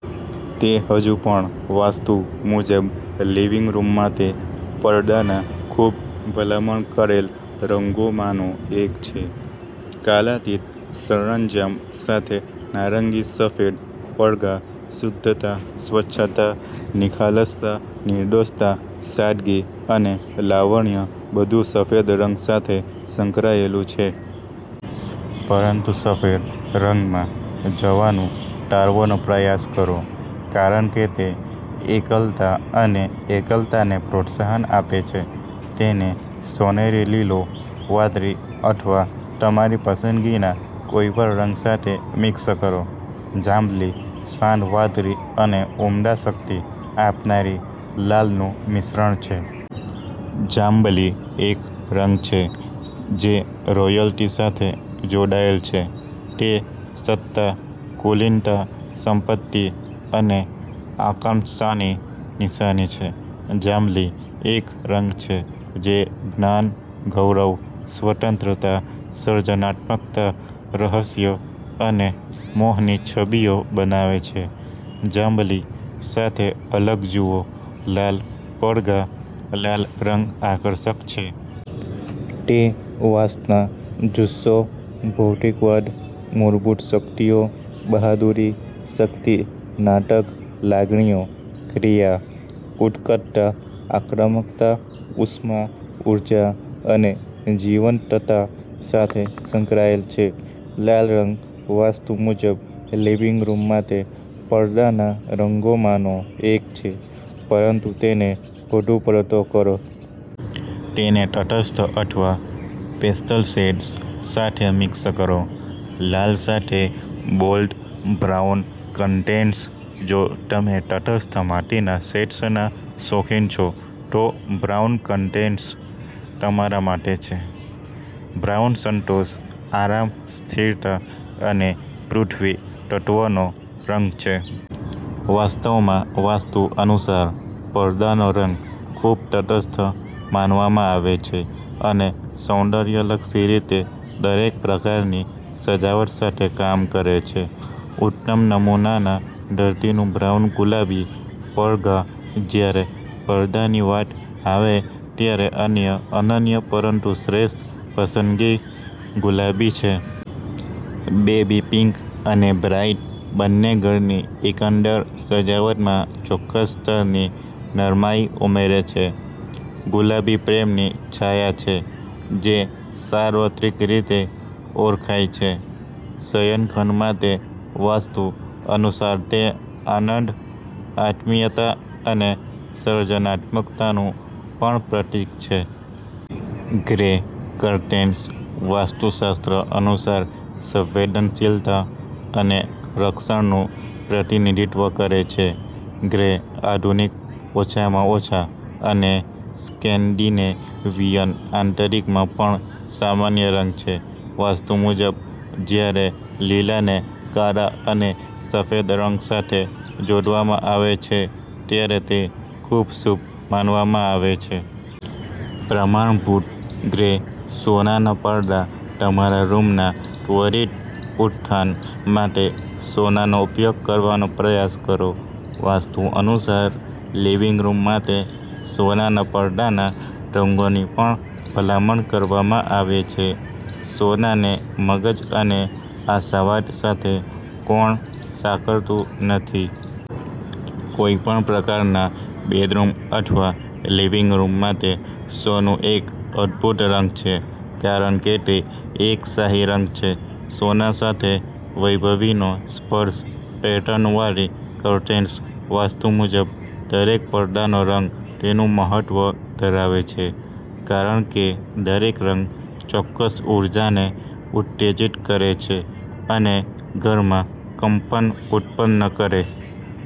તે હજુ પણ વાસ્તુ મુજબ લિવિંગ રૂમ માટે પડદાના ખૂબ ભલામણ કરેલ રંગોમાંનો એક છે. કાલાતીત સરંજામ સાથે નારંગી સફેદ પડધા શુદ્ધતા, સ્વચ્છતા, નિખાલસતા, નિર્દોષતા, સાદગી અને લાવણ્ય બધું સફેદ રંગ સાથે સંકળાયેલું છે. પરંતુ સફેદ રંગમાં જવાનું ટાળવાનો પ્રયાસ કરો કારણ કે તે એકલતા અને એકલતાને પ્રોત્સાહન આપે છે. તેને સોનેરી, લીલો, વાદળી અથવા તમારી પસંદગીના કોઈપણ રંગ સાથે મિક્સ કરો. જાંબલી શાંત વાદળી અને ઉમદા, શક્તિ આપનારી લાલનું મિશ્રણ છે. જાંબલી એક રંગ છે જે રોયલ્ટી સાથે જોડાયેલ છે. તે સત્તા, કુલીનતા, સંપત્તિ અને આકાંક્ષાની નિશાની છે. જાંબલી એક રંગ છે જે જ્ઞાન, ગૌરવ, સ્વતંત્રતા, સર્જનાત્મકતા, રહસ્ય અને મોહની છબીઓ બનાવે છે. જાંબલી સાથે અલગ જુઓ, લાલ પડધા લાલ રંગ આકર્ષક છે. તે વાસના, જુસ્સો, ભૌતિકવાદ, મૂળભૂત શક્તિઓ, બહાદુરી, શક્તિ, નાટક, લાગણીઓ, ક્રિયા, ઉત્કટતા, આક્રમકતા, ઉષ્મા, ઉર્જા અને જીવંતતા સાથે સંકળાયેલ છે. લાલ રંગ વાસ્તુ મુજબ લિવિંગ રૂમ માટે પડદાના રંગોમાંનો એક છે પરંતુ તેને વધુ પડતો કરો. તેને તટસ્થ અથવા પેસ્ટલ શેડ્સ સાથે મિક્સ કરો. લાલ સાથે બોલ્ડ બ્રાઉન કર્ટેન્સ જો તમે તટસ્થ માટીના શેડ્સના શોખીન છો, તો બ્રાઉન કર્ટેન્સ તમારા માટે છે. બ્રાઉન સંતોષ, આરામ, સ્થિરતા અને પૃથ્વી તત્વનો રંગ છે. વાસ્તવમાં, વાસ્તુ અનુસાર પડદાનો રંગ ખૂબ તટસ્થ માનવામાં આવે છે અને સૌંદર્યલક્ષી રીતે દરેક પ્રકારની સજાવટ સાથે કામ કરે છે. ઉત્તમ નમૂનાના ધરતીનું બ્રાઉન ગુલાબી પડધા જ્યારે પડદાની વાત આવે ત્યારે અન્ય અનન્ય પરંતુ શ્રેષ્ઠ પસંદગી ગુલાબી છે. બેબી પિંક અને બ્રાઈટ બંને ઘરની એકંદર સજાવટમાં ચોક્કસ સ્તરની નરમાઈ ઉમેરે છે. ગુલાબી પ્રેમની છાયા છે જે સાર્વત્રિક રીતે ઓળખાય છે. શયનખંડ માટે વાસ્તુ અનુસાર તે આનંદ, આત્મીયતા અને સર્જનાત્મકતાનું પણ પ્રતીક છે. ગ્રે કર્ટેન્સ વાસ્તુશાસ્ત્ર અનુસાર સંવેદનશીલતા અને રક્ષણનું પ્રતિનિધિત્વ કરે છે. ગ્રે આધુનિક, ઓછામાં ઓછા અને સ્કેન્ડિનેવિયન આંતરિકમાં પણ સામાન્ય રંગ છે. વાસ્તુ મુજબ, જ્યારે લીલાને કાળા અને સફેદ રંગ સાથે જોડવામાં આવે છે, ત્યારે તે ખૂબ શુભ માનવામાં આવે છે. પ્રમાણભૂત ગ્રે સોનાના પડદા તમારા રૂમના ત્વરિત ઉત્થાન માટે, સોનાનો ઉપયોગ કરવાનો પ્રયાસ કરો. વાસ્તુ અનુસાર લિવિંગ રૂમ માટે સોનાના પડદાના રંગોની પણ ભલામણ કરવામાં આવે છે. સોનાને મગજ અને આશાવાદ સાથે કોણ સાંકળતું નથી? કોઈપણ પ્રકારના બેડરૂમ અથવા લિવિંગ રૂમ માટે સોનું એક અદ્ભુત રંગ છે કારણ કે તે એક શાહી રંગ છે. સોના સાથે વૈભવીનો સ્પર્શ પેટર્ન વાળી કર્ટેન્સ વાસ્તુ મુજબ દરેક પડદાનો રંગ તેનું મહત્વ ધરાવે છે કારણ કે દરેક રંગ ચોક્કસ ઊર્જાને ઉત્તેજીત કરે છે અને ઘરમાં કંપન ઉત્પન્ન કરે.